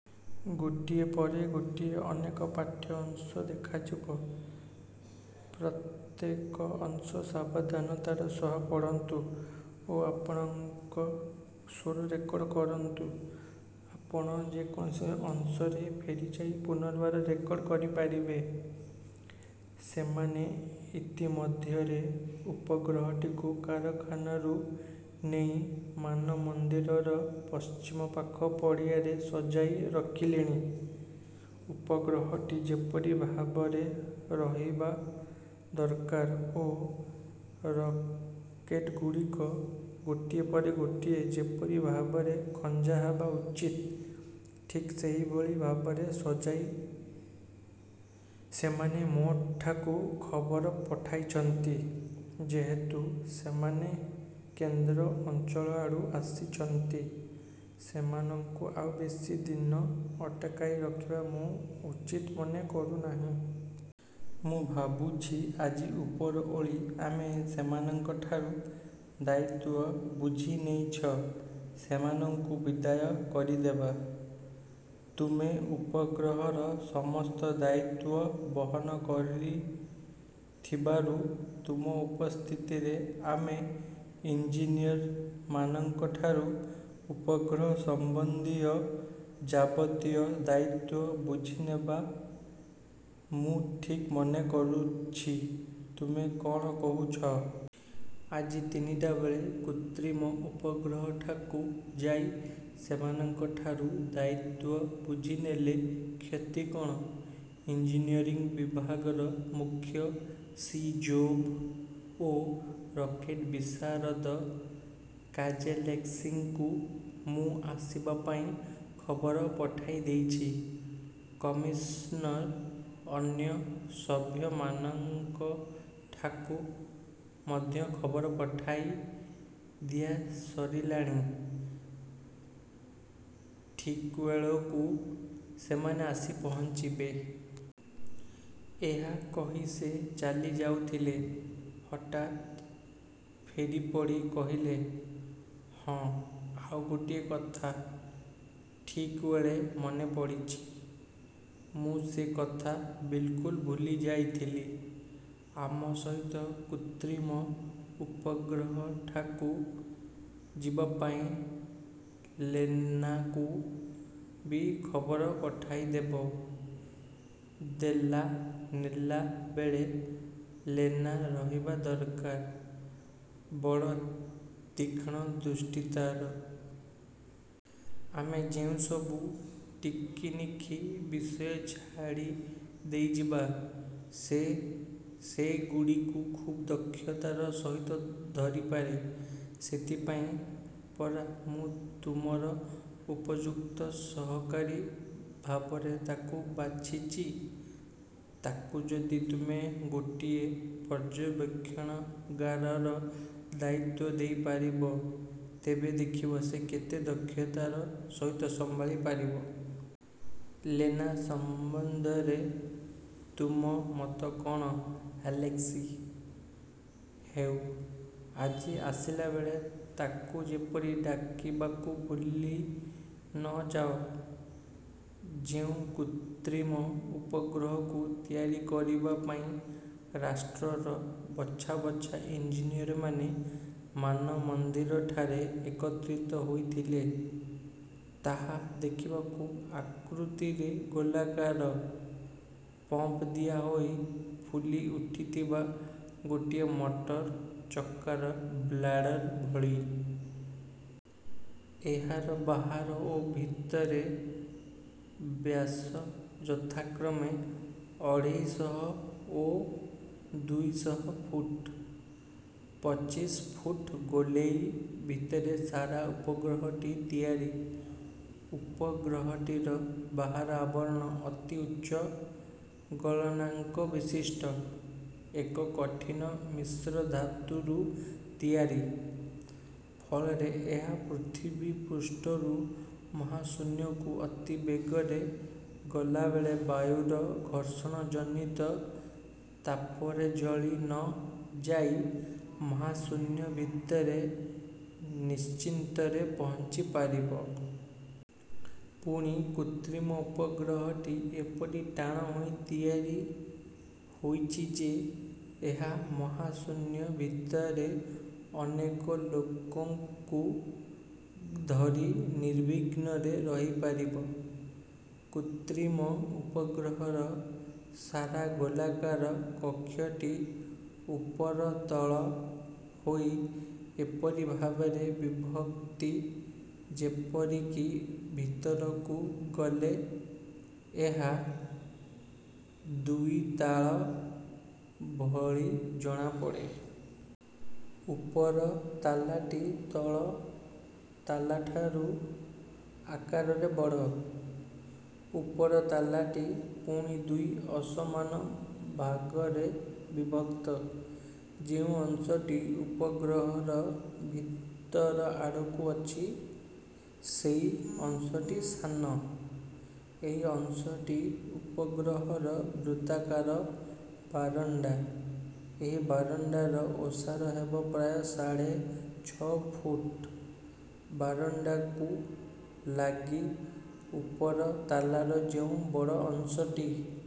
ସେମାନେ ଇତିମଧ୍ୟରେ ଉପଗ୍ରହଟିକୁ କାରଖାନାରୁ ନେଇ ମାନମନ୍ଦିରର ପଶ୍ଚିମପାଖ ପଡ଼ିଆରେ ସଜାଇ ରଖିଲେଣି। ଉପଗ୍ରହଟି ଯେପରି ଭାବରେ ରହିବା ଦରକାର ଓ ରକେଟ୍ଗୁଡ଼ିକ ଗୋଟିଏ ପରେ ଗୋଟିଏ ଯେପରି ଭାବରେ ଖଞ୍ଜାହେବା ଉଚିତ, ଠିକ୍ ସେହିଭଳି ଭାବରେ ସଜାଇ ସେମାନେ ମୋ'ଠାକୁ ଖବର ପଠାଇଛନ୍ତି। ଯେହେତୁ ସେମାନେ କେନ୍ଦ୍ର ଅଞ୍ଚଳଆଡ଼ୁ ଆସିଛନ୍ତି, ସେମାନଙ୍କୁ ଆଉ ବେଶି ଦିନ ଅଟକାଇ ରଖିବା ମୁଁ ଉଚିତ ମନେ କରୁନାହିଁ। ମୁଁ ଭାବୁଛି ଆଜି ଉପରଓଳି ଆମେ ସେମାନଙ୍କଠାରୁ ଦାୟିତ୍ୱ ବୁଝିନେଇ ସେମାନଙ୍କୁ ବିଦାୟ କରିଦେବା। ତୁମେ ଉପଗ୍ରହର ସମସ୍ତ ଦାୟିତ୍ୱ ବହନ କରିଥିବାରୁ ତୁମ ଉପସ୍ଥିତିରେ ଆମେ ଇଞ୍ଜିନିଅର୍ମାନଙ୍କଠାରୁ ଉପଗ୍ରହ ସମ୍ୱନ୍ଧୀୟ ଯାବତୀୟ ଦାୟିତ୍ୱ ବୁଝିନେବା ମୁଁ ଠିକ୍ ମନେ କରୁଛି। ତୁମେ କଣ କହୁଛ? ''ଆଜି ତିନିଟାବେଳେ କୃତ୍ରିମ ଉପଗ୍ରହଠାକୁ ଯାଇ ସେମାନଙ୍କଠାରୁ ଦାୟିତ୍ୱ ବୁଝିନେଲେ କ୍ଷତି କଅଣ? ଇଞ୍ଜିନିଅରିଂ ବିଭାଗର ମୁଖ୍ୟ ସିଜୋଭ୍ ଓ ରକେଟ୍-ବିଶାରଦ କୋଜେଲେସ୍କିଙ୍କୁ ମୁଁ ଆସିବା ପାଇଁ ଖବର ପଠାଇଦେଇଛି। କମିଶନ୍ର ଅନ୍ୟ ସଭ୍ୟମାନଙ୍କଠାକୁ ମଧ୍ୟ ଖବର ପଠାଇ ଦିଆସରିଲାଣି। ଠିକ୍ବେଳକୁ ସେମାନେ ଆସି ପହଞ୍ଚିଯିବେ। '' ଏହା କହି ସେ ଚାଲିଯାଉଥିଲେ, ହଠାତ୍ ଫେରିପଡ଼ି କହିଲେ, ''ହଁ, ଆଉ ଗୋଟିଏ କଥା ଠିକ୍ବେଳେ ମନେପଡ଼ିଚି। ମୁଁ ସେ କଥା ବିଲ୍କୁଲ୍ ଭୁଲି ଯାଇଥିଲି। ଆମ ସହିତ କୃତ୍ରିମ ଉପଗ୍ରହଠାକୁ ଯିବାପାଇଁ ଲେନାକୁ ବି ଖବର ପଠାଇଦେବ। ଦେଲା–ନେଲା ବେଳେ ଲେନା ରହିବା ଦରକାର; ବଡ଼ ତୀକ୍ଷ୍ଣ ଦୃଷ୍ଟି ତା'ର। ଆମେ ଯେଉଁସବୁ ଟିକି-ନିଖି ବିଷୟ ଛାଡ଼ି ଦେଇଯିବା, ସେ ସେଗୁଡ଼ିକୁ ଖୁବ୍ ଦକ୍ଷତାର ସହିତ ଧରିପାରେ। ସେଥିପାଇଁ ପରା ମୁଁ ତୁମର ଉପଯୁକ୍ତ ସହକାରୀ ଭାବରେ ତାକୁ ବାଛିଚି। ତାକୁ ଯଦି ତୁମେ ଗୋଟିଏ ପର୍ଯ୍ୟବେକ୍ଷଣାଗାରର ଦାୟିତ୍ୱ ଦେଇପାରିବ, ତେବେ ଦେଖିବ ସେ କେତେ ଦକ୍ଷତାର ସହିତ ସମ୍ଭାଳି ପାରିବ। ଲେନା ସମ୍ୱନ୍ଧରେ ତୁମ ମତ କଣ ଆଲେସ୍କି? ହେଉ, ଆଜି ଆସିଲାବେଳେ ତାକୁ ଯେପରି ଡାକିବାକୁ ଭୁଲି ନ ଯାଅ। '' ଯେଉଁ କୃତ୍ରିମ ଉପଗ୍ରହକୁ ତିଆରି କରିବା ପାଇଁ ରାଷ୍ଟ୍ରର ବଛା ବଛା ଇଞ୍ଜିନିୟରମାନେ ମାନମନ୍ଦିରଠାରେ ଏକତ୍ରିତ ହୋଇଥିଲେ-ତାହା ଦେଖିବାକୁ ଆକୃତିରେ ଗୋଲାକାର, ପମ୍ପ ଦିଆହୋଇ ଫୁଲି ଉଠିଥିବା ଗୋଟିଏ ମଟର ଚକର ବ୍ଲାଡ଼ର ଭଳି। ଏହାର ବାହାର ଓ ଭିତରେ ବ୍ୟାସ ଯଥାକ୍ରମେ ଅଢ଼େଇଶହ ଓ ଦୁଇଶହ ଫୁଟ। ପଚିଶ ଫୁଟ ଗୋଲେଇ ଭିତରେ ସାରା ଉପଗ୍ରହଟି ତିଆରି। ଉପଗ୍ରହଟିର ବାହାର ଆବରଣ ଅତି ଉଚ୍ଚ ଗଳନାଙ୍କବିଶିଷ୍ଟ ଏକ କଠିନ ମିଶ୍ର ଧାତୁରୁ ତିଆରି; ଫଳରେ ଏହା ପୃଥିବୀପୃଷ୍ଠରୁ ମହାଶୂନ୍ୟକୁ ଅତି ବେଗରେ ଗଲାବେଳେ ବାୟୁର ଘର୍ଷଣଜନିତ ତାପରେ ଜଳି ନ ଯାଇ ମହାଶୂନ୍ୟ ଭିତରେ ନିଶ୍ଚିନ୍ତରେ ପହଞ୍ଚି ପାରିବ। ପୁଣି କୃତ୍ରିମ ଉପଗ୍ରହଟି ଏପରି ଟାଣ ହୋଇ ତିଆରି ହୋଇଛି ଯେ, ଏହା ମହାଶୂନ୍ୟ ଭିତରେ ଅନେକ ଲୋକଙ୍କୁ ଧରି ନିର୍ବିଘ୍ନରେ ରହିପାରିବ। କୃତ୍ରିମ ଉପଗ୍ରହର ସାରା ଗୋଲାକାର କକ୍ଷଟି ଉପର ତଳ ହୋଇ ଏପରିଭାବରେ ବିଭକ୍ତି, ଯେପରିକି ଭିତରକୁ ଗଲେ ଏହା ଦୁଇତାଲା ଭଳି ଜଣାପଡ଼େ। ଉପର ତାଲାଟି ତଳ ତାଲାଠାରୁ ଆକାରରେ ବଡ଼। ଉପର ତାଲାଟି ପୁଣି ଦୁଇ ଅସମାନ ଭାଗରେ ବିଭକ୍ତ। ଯେଉଁ ଅଂଶଟି ଉପଗ୍ରହର ଭିତର ଆଡ଼କୁ ଅଛି, ସେଇ ଅଂଶଟି ସାନ। ଏହି ଅଂଶଟି ଉପଗ୍ରହର ବୃତ୍ତାକାର ବାରଣ୍ଡା। ଏହି ବାରଣ୍ଡାର ଓସାର ହେବ ପ୍ରାୟ ସାଢ଼େ ଛ' ଫୁଟ। ବାରଣ୍ଡାକୁ। ଲାଗି ଉପର ତାଲାର ଯେଉଁ ବଡ଼ ଅଂଶଟି